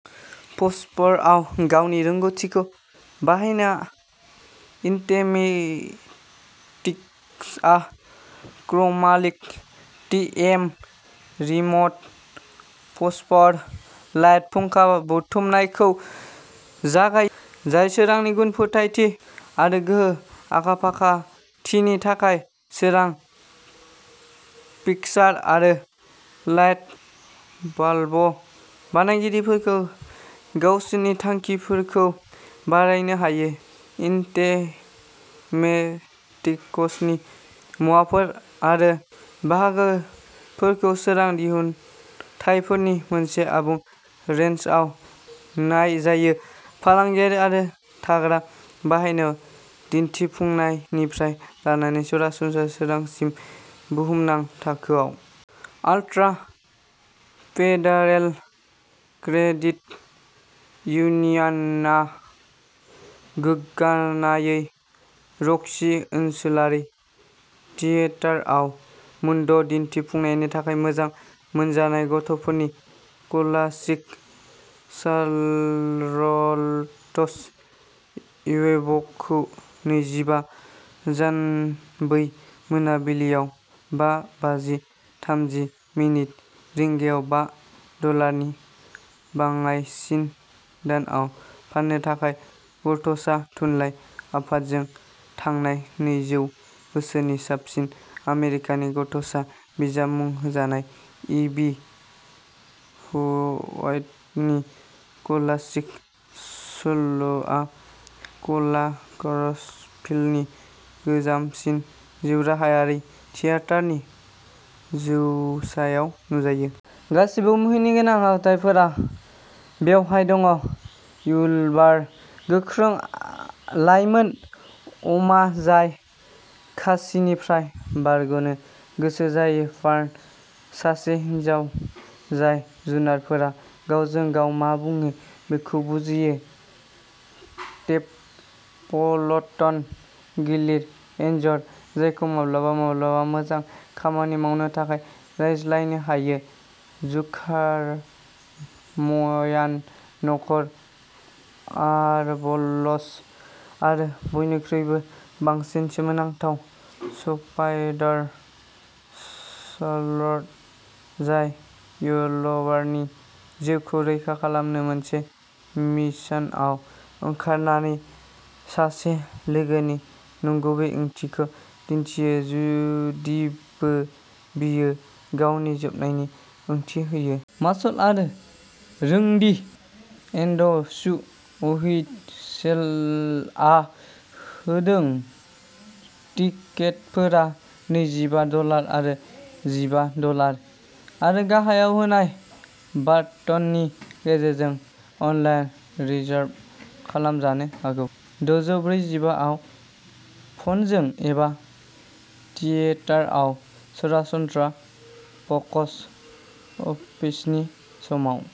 फस्फरआव गावनि रोंग'थिखौ बाहायना, इन्टेमेटिक्सआ ChromaLit T M remote phosphor light फुंखा बुथुमनायखौ जागायो जाय सोरांनि गुन, फोथायथि आरो गोहो आखाफाखाथिनि थाखाय सोरां फिक्सार आरो लाइट बाल्ब बानायगिरिफोरखौ गावसोरनि थांखिफोरखौ बारायनो हायो। इन्टेमेटिक्सनि मुवाफोर आरो बाहागोफोरखौ सोरां दिहुनथायफोरनि मोनसे आबुं रेन्जआव मोन्नाय जायो फालांगियारि आरो थाग्रा बाहायनायाव दिन्थिफुंनायनिफ्राय लानानै सरासनस्रा सोरांसिम बुहुमनां थाखोआव। आल्ट्रा फेडारेल क्रेडिट इउनियना गोग्गानायै र'क्सी ओनसोलारि थियेटारआव मोनद' दिन्थिफुंनायनि थाखाय मोजां मोनजानाय गथ'फोरनि क्लासिक सारलथस वेबखौ नैजिबा जान बै मोनाबिलियाव बा बाजि थामजि मिनिट रिंगायाव बा डलारनि बाङाइसिन दानआव फान्नो थाखाय। गथ'सा थुनलाइ आफादजों थांनाय नैजौ बोसोरनि साबसिन आमेरिकानि गथ'सा बिजाब मुं होजानाय, इ बि ह्वाइटनि कलासिक सल'आ कलार्कसभिलनि गोजामसिन जिउराहायारि थियेटारनि जौसाङाव नुजायो। गासैबो मुहिनिगोनां आखुथाइफोरा बेवहाय दङ विल्बार, गोख्रों लाइमोन अमा जाय खासिनिफ्राय बारग'नो गोसो जायो। फार्न, सासे हिनजाव जाय जुनारफोरा गावजों-गाव मा बुङो बेखौ बुजियो टेम्पलटन, गिलिर एनजर जायखौ माब्लाबा-माब्लाबा मोजां खामानि मावनो थाखाय रायज्लायनो हायो जुकारम्यान नखर, आरबल्स, आरो बयनिख्रुइबो बांसिन, सोमोनांथाव स्पाइडार, शार्लट, जाय विल्बारनि जिउखौ रैखा खालामनो मोनसे मिशनआव ओंखारनानै सासे लोगोनि नंगुबै ओंथिखौ दिन्थियो, जुदिबो बेयो गावनि जोबनायनि ओंथि होयो। मार्शाल आरो रेंडी एन्ड सु व्हीटसेलआ होदों। टिकेटफोरा नैजिबा डलार आरो जिबा डलार आरो गाहायाव होनाय बाटननि गेजेरजों अनलाइन रिजार्भ खालामजानो हागौ, दजौ ब्रैजिबा आव फनजों, एबा थियेटारआव सरासनस्रा बक्स अफिसनि समाव।